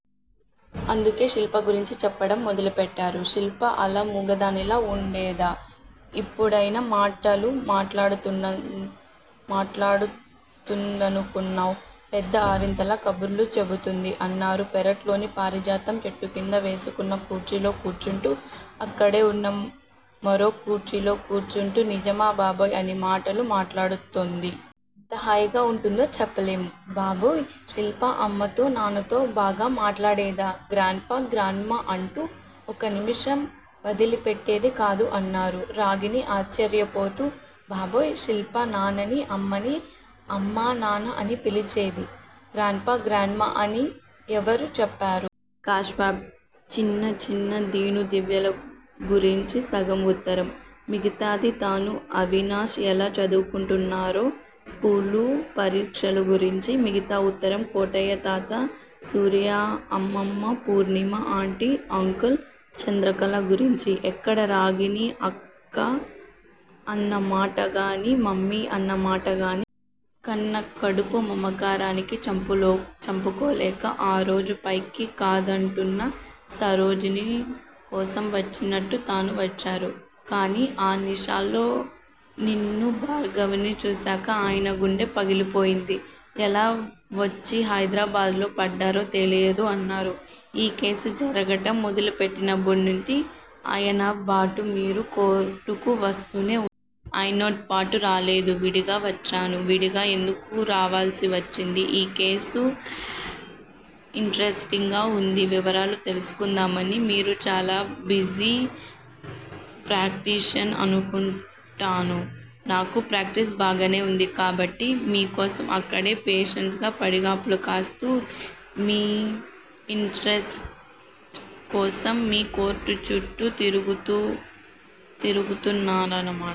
అందుకే శిల్ప గురించి చెప్పటం మొదలెట్టారు. శిల్ప అలా మూగదానిలా వుండేదా, ఇప్పుడెన్ని మాటలు మాట్లాడుతుందనుకున్నావ్? పెద్ద ఆరిందలా కబుర్లు చెబుతుంది. అన్నారు పెరట్లోని పారిజాతం చెట్టుకింద వేసుకున్న కుర్చీలో కూర్చుంటూ. అక్కడే వున్న మరో కుర్చీలో కూర్చుంటూ నిజమా బాబాయ్! అన్ని మాటలు మాట్లాడుతోందా? ఎంత హాయిగా వుంటుందో చెప్పలేము! బాబాయ్! శిల్ప అమ్మతో, నాన్నతో బాగా మాట్లాడేదా? గ్రాండ్ పా గ్రాండ్ మా అంటూ ఒక్క నిమిషం ఒదిలిపెట్టేది కాదు అన్నారు. రాగిణి ఆశ్చర్యపోతూ, బాబాయ్! శిల్ప నాన్ననీ అమ్మనీ అమ్మా నాన్నా అనే పిలిచేది. గ్రాండ్ పా గ్రాండ్ మా అని ఎవరు చెప్పారు? కాశ్యప్ చిన్నాన్నా, దీను, దివ్యల గురించి సగం వుత్తరం. మిగతాది తనూ అవినాష్ ఎలా చదువుకుంటున్నారో, స్కూలూ, పరీక్షల గురించి. మిగిలిన ఉత్తరం, కోటయ్యతాతా, సూర్య అమ్మమ్మ, ఫూర్ణిమా ఆంటీ, అంకుల్, చంద్రకళ గురించి. ఎక్కడా రాగిణి అక్క అన్న మాటగాని, మమ్మీ అన్న మాటగానీ లేదు. కన్న కడుపు మమకారాన్ని చంపుకోలేక ఆ రోజు పైకి కాదంటున్నా సరోజిని కోసం వచ్చినట్టు తాను వచ్చారు. కానీ ఆ నిషాలో నిన్నూ భార్గవనీ చూశాక, ఆయన గుండె పగిలిపోయింది. ఎలా వొచ్చి హైదరాబాద్ లో పడ్డారో తెలీదు అన్నారు. ఈ కేసు జరగటం మొదలుపెట్టినప్పట్నుంచీ ఆయన్తోబాటు మీరు కోర్టుకు వస్తూనే వున్నారు? ఆయన్తోబాటు రాలేదు. విడిగా వచ్చాను. విడిగా ఎందుకు రావల్సి వచ్చింది? ఈ కేసు యింటరెస్టింగ్ గా వుండి, వివరాలు తెలుసుకుందామని. మీరు చాలా బిజీ ప్రాక్టీషనర్ అనుకుంటాను. నాకు ప్రాక్టీస్ బాగానే వుంది. కాబట్టి మీకోసం అక్కడ పేషెంట్స్ పడిగాపులు కాస్తుంటే మీ యింటరెస్ట్ కోసం మీ కోర్టుచుట్టూ తిరుగుతున్నారన్నమాట.